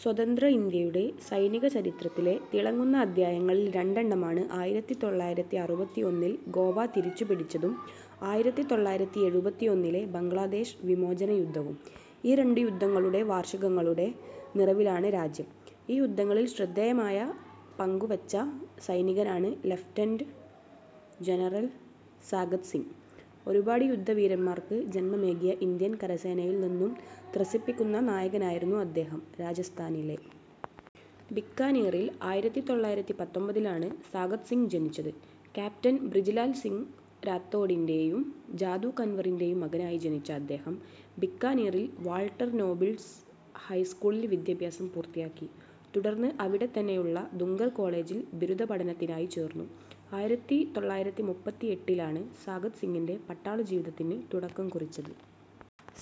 സ്വതന്ത്ര ഇന്ത്യയുടെ സൈനിക ചരിത്രത്തിലെ തിളങ്ങുന്ന അധ്യായങ്ങളിൽ രണ്ടെണ്ണമാണ് ആയിരത്തി തൊള്ളായിരത്തി അറുപത്തിയൊന്നിൽ ഗോവ തിരിച്ചുപിടിച്ചതും ആയിരത്തി തൊള്ളായിരത്തി എഴുപത്തിയൊന്നിലെ ബംഗ്ലാദേശ് വിമോചനയുദ്ധവും. ഈ രണ്ടു യുദ്ധങ്ങളുടെയും വാർഷികങ്ങളുടെ നിറവിലാണ് രാജ്യം. ഈ യുദ്ധങ്ങളിൽ ശ്രദ്ധേയമായ പങ്കുവഹിച്ച സൈനികനാണ് ലഫ്റ്റനന്റ് ജനറൽ സാഗത് സിങ്. ഒരുപാട് യുദ്ധവീരന്മാർക്ക് ജന്മമേകിയ ഇന്ത്യൻ കരസേനയിൽ നിന്നുള്ള ത്രസിപ്പിക്കുന്ന നായകനായിരുന്നു അദ്ദേഹം. രാജസ്ഥാനിലെ ബിക്കാനീറിൽ ആയിരത്തി തൊള്ളായിരത്തി പത്തൊൻപതിലാണ് സാഗത് സിങ് ജനിച്ചത്. ക്യാപ്റ്റൻ ബ്രിജിലാൽ സിങ് രാത്തോഡിന്റെയും ജാദൂ കൻവറിന്റെയും മകനായി ജനിച്ച അദ്ദേഹം ബിക്കാനീറിലെ വാൾട്ടർ നോബിൾസ് ഹൈസ്കൂളിൽ വിദ്യാഭ്യാസം പൂർത്തിയാക്കി. തുടർന്ന് അവിടെത്തന്നെയുള്ള ദുംഗർ കോളേജിൽ ബിരുദപഠനത്തിനായി ചേർന്നു. ആയിരത്തി തൊള്ളായിരത്തി മുപ്പത്തിയെട്ടിലാണ് സാഗത് സിങ്ങിന്റെ പട്ടാളജീവിതത്തിന് തുടക്കം കുറിച്ചത്.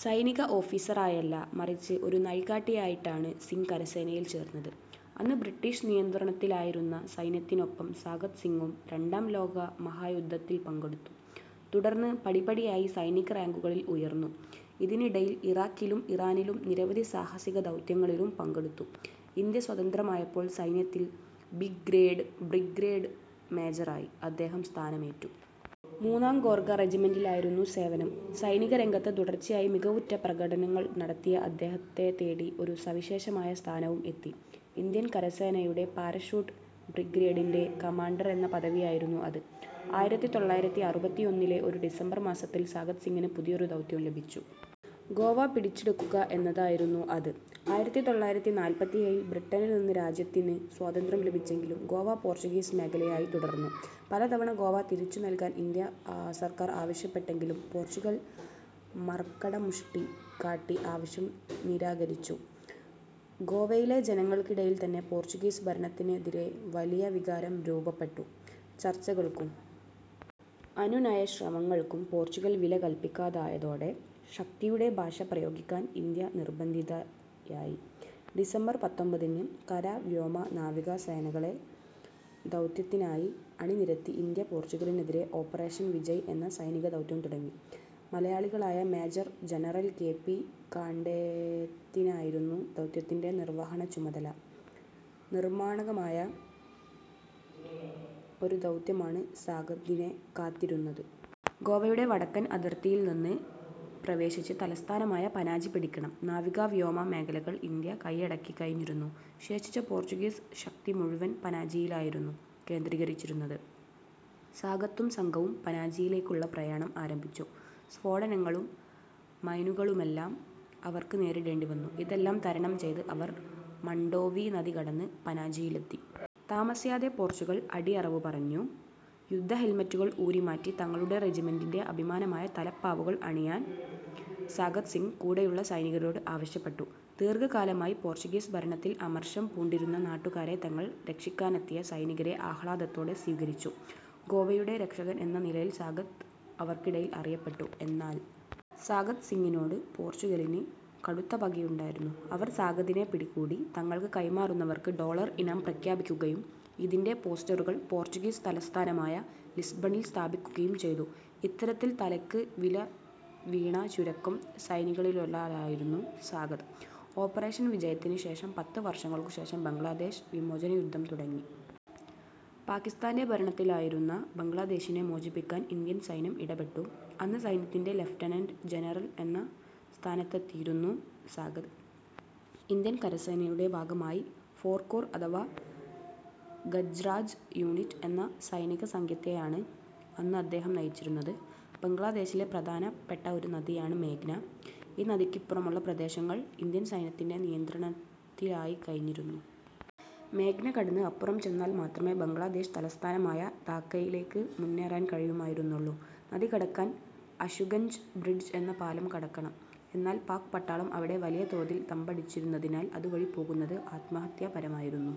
സൈനിക ഓഫീസറായല്ല മറിച്ച് ഒരു നായിക്കായിട്ടാണ് സിങ് കരസേനയിൽ ചേർന്നത്. അന്ന് ബ്രിട്ടീഷ് നിയന്ത്രണത്തിലായിരുന്ന സൈന്യത്തിനൊപ്പം സാഗത് സിങ്ങും രണ്ടാം ലോകമഹായുദ്ധത്തിൽ പങ്കെടുത്തു. തുടർന്ന് പടിപടിയായി സൈനിക റാങ്കുകളിൽ ഉയർന്നു. ഇതിനിടയിൽ ഇറാഖിലും ഇറാനിലും നിരവധി സാഹസിക ദൗത്യങ്ങളിലും പങ്കെടുത്തു. ഇന്ത്യ സ്വതന്ത്രമായപ്പോൾ സൈന്യത്തിൽ ബ്രിഗേഡ് മേജറായി അദ്ദേഹം സ്ഥാനമേറ്റു. മൂന്നാം ഗോർഖ റെജിമെന്റിലായിരുന്നു സേവനം. സൈനികരംഗത്ത് തുടർച്ചയായി മികവുറ്റ പ്രകടനങ്ങൾ നടത്തിയ അദ്ദേഹത്തെ തേടി ഒരു സവിശേഷമായ സ്ഥാനവും എത്തി. ഇന്ത്യൻ കരസേനയുടെ പാരഷൂട്ട് ബ്രിഗേഡിന്റെ കമാൻഡർ എന്ന പദവിയായിരുന്നു അത്. ആയിരത്തി തൊള്ളായിരത്തി അറുപത്തിയൊന്നിലെ ഒരു ഡിസംബർ മാസത്തിൽ സാഗത് സിങ്ങിന് പുതിയൊരു ദൗത്യം ലഭിച്ചു. ഗോവ പിടിച്ചടക്കുക എന്നതായിരുന്നു അത്. ആയിരത്തി തൊള്ളായിരത്തി നാല്പത്തിയേഴിൽ ബ്രിട്ടനിൽ നിന്ന് രാജ്യത്തിന് സ്വാതന്ത്ര്യം ലഭിച്ചെങ്കിലും ഗോവ പോർച്ചുഗീസ് മേഖലയായി തുടർന്നു. പലതവണ ഗോവ തിരിച്ചുനൽകാൻ ഇന്ത്യൻ സർക്കാർ ആവശ്യപ്പെട്ടെങ്കിലും പോർച്ചുഗൽ മർക്കടമുഷ്ടി കാട്ടി ആവശ്യം നിരാകരിച്ചു. ഗോവയിലെ ജനങ്ങൾക്കിടയിൽ തന്നെ പോർച്ചുഗീസ് ഭരണത്തിനെതിരെ വലിയ വികാരം രൂപപ്പെട്ടു. ചർച്ചകൾക്കും അനുനയശ്രമങ്ങൾക്കും പോർച്ചുഗൽ വിലകൽപിക്കാതായതോടെ ശക്തിയുടെ ഭാഷ പ്രയോഗിക്കാൻ ഇന്ത്യ നിർബന്ധിതയായി. ഡിസംബർ പത്തൊൻപതിന് കര, വ്യോമ, നാവിക സേനകളെ ദൗത്യത്തിനായി അണിനിരത്തി ഇന്ത്യ പോർച്ചുഗലിനെതിരെ ഓപ്പറേഷൻ വിജയ് എന്ന സൈനികദൗത്യം തുടങ്ങി. മലയാളിയായ മേജർ ജനറൽ കെ. പി. കാൻഡേത്തിനായിരുന്നു ദൗത്യത്തിന്റെ നിർവഹണചുമതല. നിർണായകമായ ഒരു ദൗത്യമാണ് സാഗത്തിനെ കാത്തിരുന്നത്. ഗോവയുടെ വടക്കൻ അതിർത്തിയിൽ നിന്ന് പ്രവേശിച്ച് തലസ്ഥാനമായ പനാജി പിടിക്കണം. നാവിക, വ്യോമ മേഖലകൾ ഇന്ത്യ കൈയടക്കിക്കഴിഞ്ഞിരുന്നു. ശേഷിച്ച പോർച്ചുഗീസ് ശക്തി മുഴുവൻ പനാജിയിലായിരുന്നു കേന്ദ്രീകരിച്ചിരുന്നത്. സാഗത്തും സംഘവും പനാജിയിലേക്കുള്ള പ്രയാണം ആരംഭിച്ചു. സ്ഫോടനങ്ങളും മൈനുകളുമെല്ലാം അവർക്ക് നേരിടേണ്ടിവന്നു. ഇതെല്ലാം തരണം ചെയ്ത് അവർ മണ്ഡോവി നദി കടന്ന് പനാജിയിലെത്തി. താമസിയാതെ പോർച്ചുഗൽ അടിയറവ് പറഞ്ഞു. യുദ്ധ ഹെൽമെറ്റുകൾ ഊരിമാറ്റി തങ്ങളുടെ റെജിമെന്റിന്റെ അഭിമാനമായ തലപ്പാവുകൾ അണിയാൻ സാഗത് സിങ് കൂടെയുള്ള സൈനികരോട് ആവശ്യപ്പെട്ടു. ദീർഘകാലമായി പോർച്ചുഗീസ് ഭരണത്തിൽ അമർഷം പൂണ്ടിരുന്ന നാട്ടുകാർ തങ്ങളെ രക്ഷിക്കാനെത്തിയ സൈനികരെ ആഹ്ലാദത്തോടെ സ്വീകരിച്ചു. ഗോവയുടെ രക്ഷകൻ എന്ന നിലയിൽ സാഗത് അവർക്കിടയിൽ അറിയപ്പെട്ടു. എന്നാൽ സാഗത് സിങ്ങിനോട് പോർച്ചുഗലിന് കടുത്ത പകയുണ്ടായിരുന്നു. അവർ സാഗത്തിനെ പിടികൂടി തങ്ങൾക്ക് കൈമാറുന്നവർക്ക് ഡോളർ ഇനാം പ്രഖ്യാപിക്കുകയും ഇതിന്റെ പോസ്റ്ററുകൾ പോർച്ചുഗീസ് തലസ്ഥാനമായ ലിസ്ബണിൽ സ്ഥാപിക്കുകയും ചെയ്തു. ഇത്തരത്തിൽ തലയ്ക്ക് വില വീണ ചുരുക്കം സൈനികരിലൊരാളായിരുന്നു സാഗത്. ഓപ്പറേഷൻ വിജയിന് ശേഷം പത്ത് വർഷങ്ങൾക്കു ശേഷം ബംഗ്ലാദേശ് വിമോചനയുദ്ധം തുടങ്ങി. പാക്കിസ്ഥാന്റെ ഭരണത്തിലായിരുന്ന ബംഗ്ലാദേശിനെ മോചിപ്പിക്കാൻ ഇന്ത്യൻ സൈന്യം ഇടപെട്ടു. അന്ന് സൈന്യത്തിൽ ലഫ്റ്റനന്റ് ജനറൽ എന്ന ഉയർന്ന സ്ഥാനത്തെത്തിയിരുന്നു സാഗത്. ഇന്ത്യൻ കരസേനയുടെ ഭാഗമായ ഫോർ കോർ അഥവാ ഗജ്രാജ് യൂണിറ്റ് എന്ന സൈനികസംഘത്തെയാണ് അന്ന് അദ്ദേഹം നയിച്ചിരുന്നത്. ബംഗ്ലാദേശിലെ പ്രധാനപ്പെട്ട ഒരു നദിയാണ് മേഘ്ന. ഈ നദിക്ക് ഇപ്പുറമുള്ള പ്രദേശങ്ങൾ ഇന്ത്യൻ സൈന്യത്തിന്റെ നിയന്ത്രണത്തിലായിക്കഴിഞ്ഞിരുന്നു. മേഘ്ന കടന്ന് അപ്പുറം ചെന്നാൽ മാത്രമേ ബംഗ്ലാദേശ് തലസ്ഥാനമായ ധാക്കയിലേക്ക് മുന്നേറാൻ കഴിയുമായിരുന്നുള്ളൂ. നദി കടക്കാൻ അശുഗഞ്ച് ബ്രിഡ്ജ് എന്ന പാലം കടക്കണം. എന്നാൽ പാക് പട്ടാളം ഇവിടെ വലിയ തോതിൽ തമ്പടിച്ചിരുന്നതിനാൽ അതുവഴി പോകുന്നത് ആത്മഹത്യാപരമായിരുന്നു.